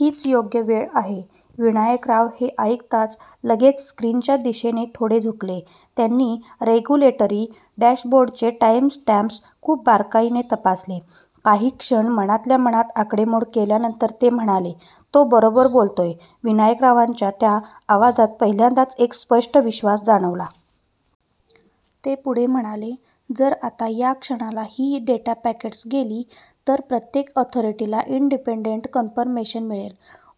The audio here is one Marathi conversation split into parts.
हीच योग्य वेळ आहे. " विनायकराव हे ऐकताच लगेच स्क्रीनच्या दिशेने थोडे झुकले. त्यांनी रेगुलेटरी डॅशबोर्डवरचे टाईमस्टॅम्प्स खूप बारकाईने तपासले. काही क्षण मनातल्या मनात आकडेमोड केल्यानंतर ते म्हणाले, "तो बरोबर बोलतोय. " विनायकरावांच्या त्या आवाजात पहिल्यांदाच एक स्पष्ट विश्वास जाणवला. ते पुढे म्हणाले, "जर आत्ता या क्षणाला ही डेटा पॅकेट्स गेली, तर प्रत्येक ऑथॉरिटीला इंडिपेंडंट कन्फर्मेशन मिळेल.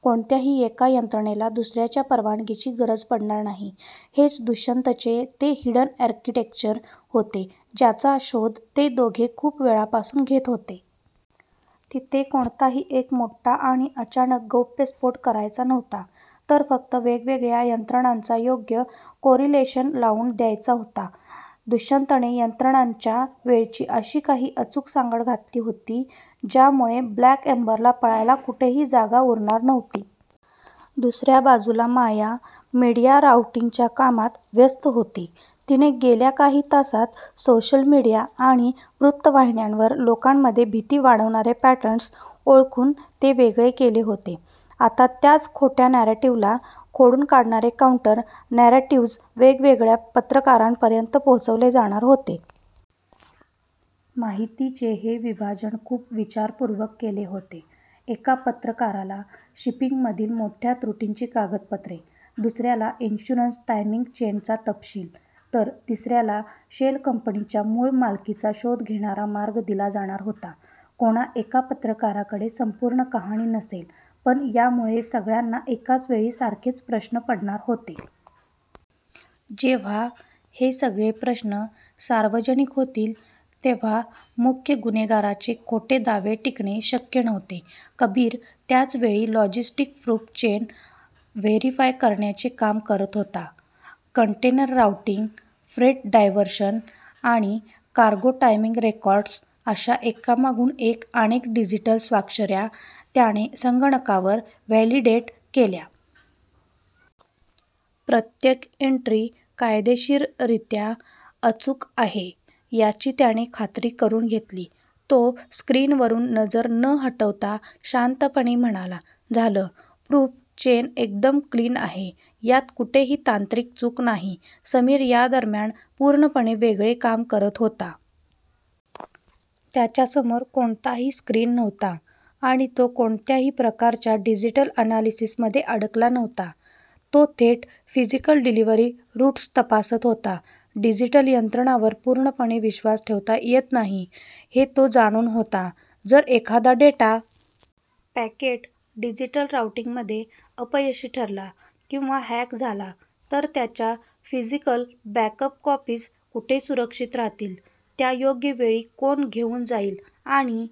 कोणत्याही एका यंत्रणेला दुसऱ्याच्या परवानगीची गरज पडणार नाही. " हेच दुष्यंतचे ते हिडन आर्किटेक्चर होते, ज्याचा शोध ते दोघे खूप वेळापासून घेत होते. तिथे कोणताही एक मोठा आणि अचानक गौप्यस्फोट करायचा नव्हता, तर फक्त वेगवेगळ्या यंत्रणांचा योग्य कोरिलेशन लावून द्यायचा होता. दुष्यंतने यंत्रणांच्या वेळेची अशी काही अचूक सांगड घातली होती, ज्यामुळे ब्लॅक एम्बरला पळायला कुठेही जागा उरणार नव्हती. दुसऱ्या बाजूला माया मीडिया राऊटिंगच्या कामात व्यस्त होती. तिने गेल्या काही तासांत सोशल मीडिया आणि वृत्तवाहिन्यांवर लोकांमध्ये भीती वाढवणारे पॅटर्न्स ओळखून ते वेगळे केले होते. आता त्याच खोट्या नॅरेटिव्हला खोडून काढणारे काउंटर-नॅरेटिव्ह्ज वेगवेगळ्या पत्रकारांपर्यंत पोहोचवले जाणार होते. माहितीचे हे विभाजन खूप विचारपूर्वक केले होते. एका पत्रकाराला शिपिंगमधील मोठ्या त्रुटींची कागदपत्रे, दुसऱ्याला इन्शुरन्स टायमिंग चेनचा तपशील, तर तिसऱ्याला शेल कंपन्यांच्या मूळ मालकीचा शोध घेणारा मार्ग दिला जाणार होता. कोणा एका पत्रकाराकडे संपूर्ण कहाणी नसेल, पण यामुळे सगळ्यांना एकाच वेळी सारखेच प्रश्न पडणार होते. जेव्हा हे सगळे प्रश्न सार्वजनिक होतील, तेव्हा मुख्य गुन्हेगारांचे खोटे दावे टिकणे शक्य नव्हते. कबीर त्याच वेळी लॉजिस्टिक प्रूफ चेन व्हेरीफाय करण्याचे काम करत होता. कंटेनर राऊटिंग, फ्रेट डायव्हर्शन आणि कार्गो टायमिंग रेकॉर्ड्स अशा एकामागून एक अनेक डिजिटल स्वाक्षऱ्या त्याने संगणकावर व्हॅलिडेट केल्या. प्रत्येक एंट्री कायदेशीररीत्या अचूक आहे याची त्याने खात्री करून घेतली. तो स्क्रीनवरून नजर न हटवता शांतपणे म्हणाला, "झालं. प्रूफ चेन एकदम क्लीन आहे. यात कुठेही तांत्रिक चूक नाही. " समीर या दरम्यान पूर्णपणे वेगळे काम करत होता. त्याच्यासमोर कोणताही स्क्रीन नव्हता आणि तो कोणत्याही प्रकारच्या डिजिटल अनालिसिसमध्ये अडकला नव्हता. तो थेट फिजिकल डिलिव्हरी रूट्स तपासत होता. डिजिटल यंत्रणांवर पूर्णपणे विश्वास ठेवता येत नाही, हे तो जाणून होता. जर एखादा डेटा पॅकेट डिजिटल राऊटिंगमध्ये अपयशी ठरला किंवा हॅक झाला, तर त्याच्या फिजिकल बॅकअप कॉपीज कुठे सुरक्षित राहतील, त्या योग्य वेळी कोण घेऊन जाईल आणि